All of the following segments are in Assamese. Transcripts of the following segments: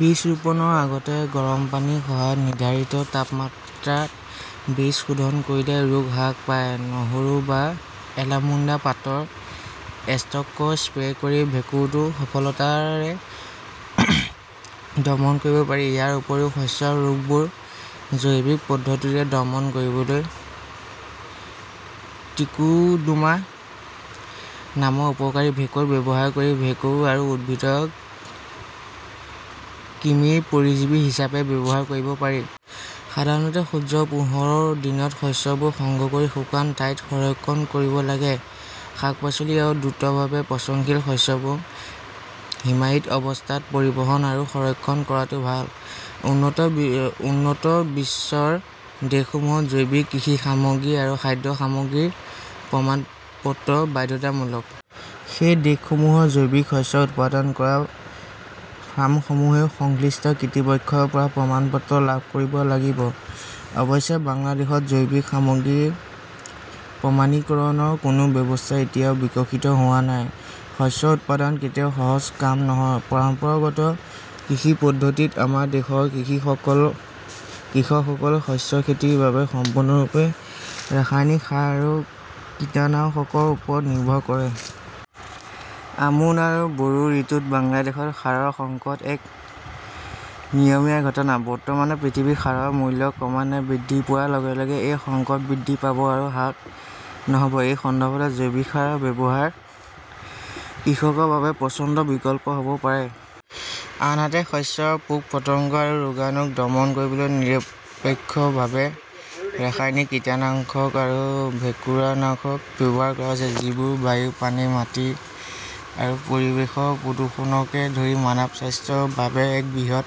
বীজ ৰোপণৰ আগতে গৰম পানীৰ সহায়ত নিৰ্ধাৰিত তাপমাত্ৰাত বীজ শোধন কৰিলে ৰোগ হ্ৰাস পায়। নহৰু বা এলামুণ্ডা পাতৰ এষ্ট্ৰেক্ট স্প্ৰে কৰি ভেঁকুৰটো সফলতাৰে দমন কৰিব পাৰি। ইয়াৰ উপৰিও শস্যৰ ৰোগবোৰ জৈৱিক পদ্ধতিৰে দমন কৰিবলৈ ত্ৰিকোডাৰ্মা নামৰ উপকাৰী ভেঁকুৰ ব্যৱহাৰ কৰি ভেঁকুৰ আৰু উদ্ভিদৰ কৃমিৰ পৰজীৱী হিচাপে ব্যৱহাৰ কৰিব পাৰি। সাধাৰণতে সূৰ্যৰ পোহৰ দিনত শস্যবোৰ সংগ্ৰহ কৰি শুকান ঠাইত সংৰক্ষণ কৰিব লাগে। শাক-পাচলি আৰু দ্ৰুতভাৱে পচনশীল শস্যবোৰ হিমায়িত অৱস্থাত পৰিবহণ আৰু সংৰক্ষণ কৰাটো ভাল। উন্নত বিশ্বৰ দেশসমূহত জৈৱিক কৃষি সামগ্ৰী আৰু খাদ্য সামগ্ৰীৰ প্ৰমাণপত্ৰ বাধ্যতামূলক। সেই দেশসমূহৰ জৈৱিক শস্য উৎপাদন কৰা ফাৰ্মসমূহেও সংশ্লিষ্ট কৰ্তৃপক্ষৰ পৰা প্ৰমাণপত্ৰ লাভ কৰিব লাগিব। অৱশ্যে, বাংলাদেশত জৈৱিক সামগ্ৰীৰ প্ৰমাণীকৰণৰ কোনো ব্যৱস্থা এতিয়াও বিকশিত হোৱা নাই। শস্য উৎপাদন কেতিয়াও সহজ কাম নহয়। পৰম্পৰাগত কৃষি পদ্ধতিত, আমাৰ দেশৰ কৃষকসকলে শস্য খেতিৰ বাবে সম্পূৰ্ণৰূপে ৰাসায়নিক সাৰ আৰু কীটনাশকৰ ওপৰত নিৰ্ভৰ কৰে। আমোন আৰু বৰো ঋতুত বাংলাদেশত সাৰৰ সংকট এক নিয়মীয়া ঘটনা। বৰ্তমানৰ পৃথিৱীত সাৰৰ মূল্য ক্ৰমান্বয়ে বৃদ্ধি পোৱাৰ লগে লগে এই সংকট বৃদ্ধি পাব আৰু হ্ৰাস নহ'ব। এই সন্দৰ্ভত জৈৱিক সাৰৰ ব্যৱহাৰ কৃষকৰ বাবে পছন্দৰ বিকল্প হ'ব পাৰে। আনহাতে, শস্যৰ পোক-পতংগ আৰু ৰোগাণুক দমন কৰিবলৈ নিৰপেক্ষভাৱে ৰাসায়নিক কীটানাংশক আৰু ভেঁকুৰনাশক ব্যৱহাৰ কৰা হৈছে, যিবোৰ বায়ু, পানী, মাটি আৰু পৰিৱেশৰ প্ৰদূষণকে ধৰি মানৱ স্বাস্থ্যৰ বাবে এক বৃহৎ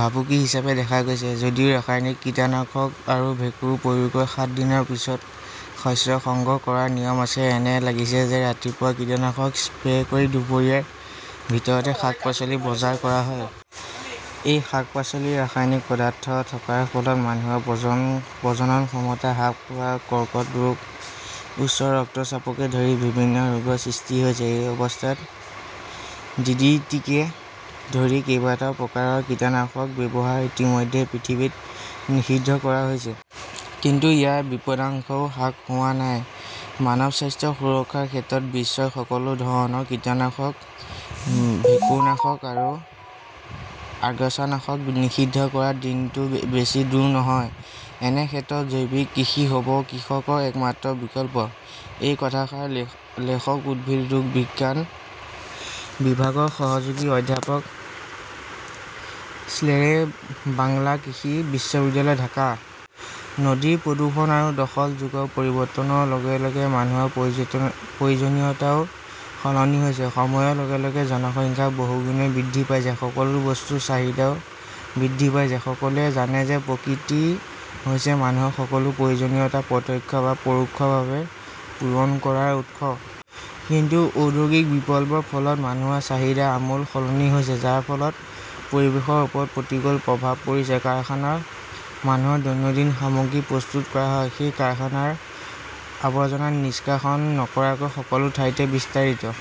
ভাবুকি হিচাপে দেখা গৈছে। যদিও ৰাসায়নিক কীটনাশক আৰু ভেঁকুৰ প্ৰয়োগৰ সাত দিনৰ পিছত শস্য সংগ্ৰহ কৰাৰ নিয়ম আছে, এনে লাগিছে যে ৰাতিপুৱা কীটনাশক স্প্ৰে কৰি দুপৰীয়াৰ ভিতৰতে শাক-পাচলি বজাৰ কৰা হয়। এই শাক-পাচলিৰ ৰাসায়নিক পদাৰ্থ থকাৰ ফলত মানুহৰ প্ৰজনন ক্ষমতা হ্ৰাস হোৱা, কৰ্কট ৰোগ, উচ্চ ৰক্তচাপকে ধৰি বিভিন্ন ৰোগৰ সৃষ্টি হৈছে। এই অৱস্থাত ডিডিটিকে ধৰি কেইবাটাও প্ৰকাৰৰ কীটনাশক ব্যৱহাৰ ইতিমধ্যে পৃথিৱীত নিষিদ্ধ কৰা হৈছে। কিন্তু ইয়াৰ বিপদাশংকাও হ্ৰাস হোৱা নাই। মানৱ স্বাস্থ্য সুৰক্ষাৰ ক্ষেত্ৰত বিশ্বৰ সকলো ধৰণৰ কীটনাশক, ভেঁকুৰনাশক আৰু আগাছানাশক নিষিদ্ধ কৰাৰ দিনটো বেছি দূৰ নহয়। এনে ক্ষেত্ৰত জৈৱিক কৃষি হ'ব কৃষকৰ একমাত্ৰ বিকল্প । -এই কথাষাৰ লেখক উদ্ভিদ ৰোগ বিজ্ঞান বিভাগৰ সহযোগী অধ্যাপক শ্বেৰেবাংলা কৃষি বিশ্ববিদ্যালয়, ঢাকা । নদীৰ প্ৰদূষণ আৰু দখল যুগৰ পৰিৱৰ্তনৰ লগে লগে মানুহৰ প্ৰয়োজনীয়তাও সলনি হৈছে। সময়ৰ লগে লগে জনসংখ্যা বহুগুণে বৃদ্ধি পাইছে। সকলো বস্তুৰ চাহিদাও বৃদ্ধি পাইছে। সকলোৱে জানে যে প্ৰকৃতি হৈছে মানুহৰ সকলো প্ৰয়োজনীয়তা প্ৰত্যক্ষ বা প্ৰৰোক্ষভাৱে পূৰণ কৰাৰ উৎস। কিন্তু ঔদ্যোগিক বিপ্লৱৰ ফলত মানুহৰ চাহিদা আমূল সলনি হৈছে, যাৰ ফলত পৰিৱেশৰ ওপৰত প্ৰতিকূল প্ৰভাৱ পৰিছে। কাৰখানাত মানুহৰ দৈনন্দিন সামগ্ৰী প্ৰস্তুত কৰা হয়। সেই কাৰখানাৰ আৱৰ্জনা নিষ্কাশন নকৰাকৈ সকলো ঠাইতে বিস্তাৰিত